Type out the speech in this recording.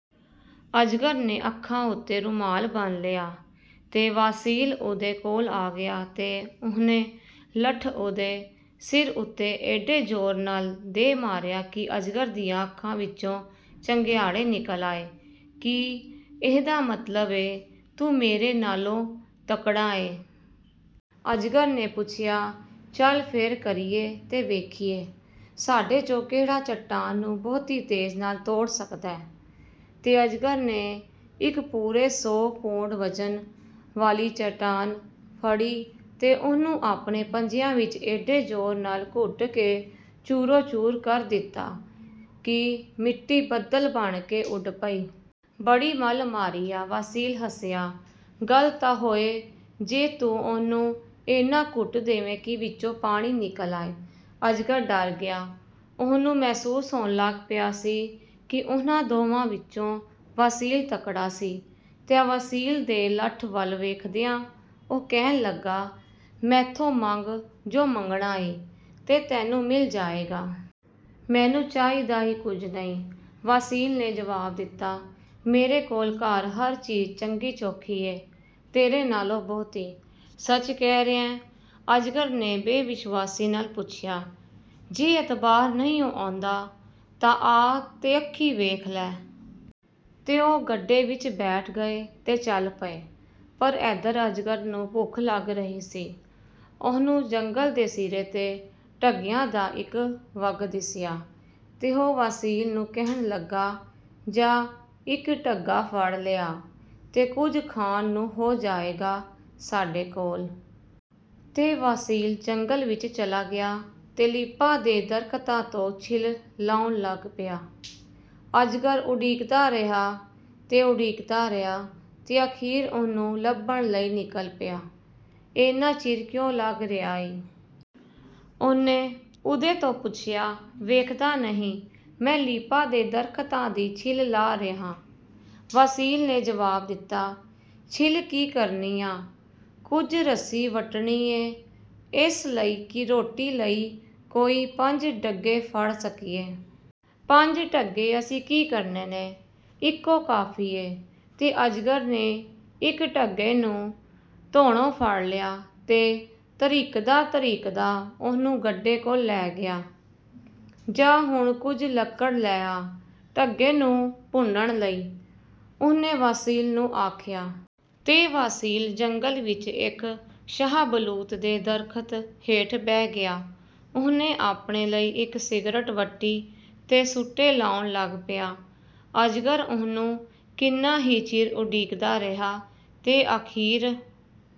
ਅਜਗਰ ਨੇ ਅੱਖਾਂ ਉੱਤੇ ਰੁਮਾਲ ਬੰਨ੍ਹ ਲਿਆ, ਤੇ ਵਾਸੀਲ ਉਹਦੇ ਕੋਲ ਆ ਗਿਆ ਤੇ ਉਹਨੇ ਲੱਠ ਉਹਦੇ ਸਿਰ ਉੱਤੇ ਏਡੇ ਜ਼ੋਰ ਨਾਲ ਦੇ ਮਾਰਿਆ ਕਿ ਅਜਗਰ ਦੀਆਂ ਅੱਖਾਂ ਵਿਚੋਂ ਚੰਗਿਆੜੇ ਨਿਕਲ ਆਏ। “ਕੀ ਇਹਦਾ ਮਤਲਬ ਏ, ਤੂੰ ਮੇਰੇ ਨਾਲੋਂ ਤਕੜਾ ਏ?” ਅਜਗਰ ਨੇ ਪੁੱਛਿਆ। ਚਲ, ਫੇਰ ਕਰੀਏ ਤੇ ਵੇਖੀਏ ਸਾਡੇ ’ਚੋਂ ਕਿਹੜਾ ਚਟਾਨ ਨੂੰ ਬਹੁਤੀ ਤੇਜ਼ ਨਾਲ ਤੋੜ ਸਕਦੈ। ਤੇ ਅਜਗਰ ਨੇ ਇੱਕ ਪੂਰੇ ਸੌ ਪੂਡ ਵਜ਼ਨ ਵਾਲੀ ਚਟਾਨ ਫੜੀ ਤੇ ਉਹਨੂੰ ਆਪਣੇ ਪੰਜਿਆਂ ਵਿੱਚ ਏਡੇ ਜ਼ੋਰ ਨਾਲ ਘੁੱਟ ਕੇ ਚੂਰੋ-ਚੂਰ ਕਰ ਦਿੱਤਾ ਕਿ ਮਿੱਟੀ ਬੱਦਲ ਬਣ ਕੇ ਉੱਡ ਪਈ। ਬੜੀ ਮੱਲ ਮਾਰੀ ਆ! ਵਾਸੀਲ ਹੱਸਿਆ। ਗੱਲ ਤਾਂ ਹੋਏ ਜੇ ਤੂੰ ਉਹਨੂੰ ਏਨਾ ਘੁੱਟ ਦੇਵੇਂ ਕਿ ਵਿਚੋਂ ਪਾਣੀ ਨਿਕਲ ਆਏ। ਅਜਗਰ ਡਰ ਗਿਆ। ਉਹਨੂੰ ਮਹਿਸੂਸ ਹੋਣ ਲੱਗ ਪਿਆ ਸੀ ਕਿ ਉਹਨਾਂ ਦੋਵਾਂ ਵਿਚੋਂ ਵਾਸੀਲ ਤਕੜਾ ਸੀ, ਤੇ ਵਾਸੀਲ ਦੇ ਲੱਠ ਵੱਲ ਵੇਖਦਿਆਂ ਉਹ ਕਹਿਣ ਲੱਗਾ, ਮੈਥੋਂ ਮੰਗ ਜੁ ਮੰਗਣਾ ਏ, ਤੇ ਤੈਨੂੰ ਮਿਲ ਜਾਏਗਾ। “ਮੈਨੂੰ ਚਾਹੀਦਾ ਈ ਕੁਝ ਨਹੀਂ,” ਵਾਸੀਲ ਨੇ ਜਵਾਬ ਦਿੱਤਾ। “ਮੇਰੇ ਕੋਲ ਘਰ ਹਰ ਚੀਜ਼ ਚੰਗੀ-ਚੋਖੀ ਏ, ਤੇਰੇ ਨਾਲੋਂ ਬਹੁਤੀ।” “ਸੱਚ ਕਹਿ ਰਿਹੈਂ?” ਅਜਗਰ ਨੇ ਬੇਵਿਸ਼ਵਾਸੀ ਨਾਲ ਪੁੱਛਿਆ। “ਜੇ ਅਤਬਾਰ ਨਹੀਂਉਂ ਆਉਂਦਾ, ਤਾਂ ਆ ਤੇ ਅੱਖੀਂ ਵੇਖ ਲੈ!” ਤੇ ਉਹ ਗੱਡੇ ਵਿੱਚ ਬੈਠ ਗਏ ਤੇ ਚੱਲ ਪਏ। ਪਰ ਏਧਰ ਅਜਗਰ ਨੂੰ ਭੁੱਖ ਲੱਗ ਰਹੀ ਸੀ। ਉਹਨੂੰ ਜੰਗਲ ਦੇ ਸਿਰੇ ’ਤੇ ਢੱਗਿਆਂ ਦਾ ਇੱਕ ਵੱਗ ਦਿਸਿਆ ਤੇ ਉਹ ਵਾਸੀਲ ਨੂੰ ਕਹਿਣ ਲੱਗਾ, “ਜਾ, ਇੱਕ ਢੱਗਾ ਫੜ ਲਿਆ, ਤੇ ਕੁਝ ਖਾਣ ਨੂੰ ਹੋ ਜਾਏਗਾ ਸਾਡੇ ਕੋਲ। ਤੇ ਵਾਸੀਲ ਜੰਗਲ ਵਿੱਚ ਚਲਾ ਗਿਆ ਤੇ ਲੀਪਾ ਦੇ ਦਰਖ਼ਤਾਂ ਤੋਂ ਛਿੱਲ ਲਾਹੁਣ ਲੱਗ ਪਿਆ। ਅਜਗਰ ਉਡੀਕਦਾ ਰਿਹਾ ਤੇ ਉਡੀਕਦਾ ਰਿਹਾ ਤੇ ਅਖ਼ੀਰ ਉਹਨੂੰ ਲੱਭਣ ਲਈ ਨਿਕਲ ਪਿਆ। “ਏਨਾ ਚਿਰ ਕਿਉਂ ਲੱਗ ਰਿਹਾ ਈ?” ਉਹਨੇ ਉਹਦੇ ਤੋਂ ਪੁੱਛਿਆ। “ਵੇਖਦਾ ਨਹੀਂ, ਮੈਂ ਲੀਪਾ ਦੇ ਦਰਖ਼ਤਾਂ ਦੀ ਛਿੱਲ ਲਾਹ ਰਿਹਾਂ,” ਵਾਸੀਲ ਨੇ ਜਵਾਬ ਦਿੱਤਾ। “ਛਿੱਲ ਕੀ ਕਰਨੀ ਆਂ?” “ਕੁਝ ਰੱਸੀ ਵੱਟਣੀ ਏ, ਏਸ ਲਈ ਕਿ ਰੋਟੀ ਲਈ ਕੋਈ ਪੰਜ ਢੱਗੇ ਫੜ ਸਕੀਏ।” “ਪੰਜ ਢੱਗੇ ਅਸੀਂ ਕੀ ਕਰਨੇ ਨੇ? ਇਕੋ ਕਾਫ਼ੀ ਏ।” ਤੇ ਅਜਗਰ ਨੇ ਇੱਕ ਢੱਗੇ ਨੂੰ ਧੌਣੋਂ ਫੜ ਲਿਆ ਤੇ ਧਰੀਕਦਾ-ਧਰੀਕਦਾ ਉਹਨੂੰ ਗੱਡੇ ਕੋਲ ਲੈ ਗਿਆ। "ਜਾ, ਹੁਣ ਕੁਝ ਲੱਕੜ ਲੈ ਆ, ਢੱਗੇ ਨੂੰ ਭੁੰਨਣ ਲਈ,” ਉਹਨੇ ਵਾਸੀਲ ਨੂੰ ਆਖਿਆ। ਤੇ ਵਾਸੀਲ ਜੰਗਲ ਵਿੱਚ ਇੱਕ ਸ਼ਾਹ-ਬਲੂਤ ਦੇ ਦਰਖ਼ਤ ਹੇਠ ਬਹਿ ਗਿਆ। ਉਹਨੇ ਆਪਣੇ ਲਈ ਇੱਕ ਸਿਗਰਟ ਵੱਟੀ ਤੇ ਸੂਟੇ ਲਾਉਣ ਲੱਗ ਪਿਆ। ਅਜਗਰ ਉਹਨੂੰ ਕਿੰਨਾ ਹੀ ਚਿਰ ਉਡੀਕਦਾ ਰਿਹਾ, ਤੇ ਅਖ਼ੀਰ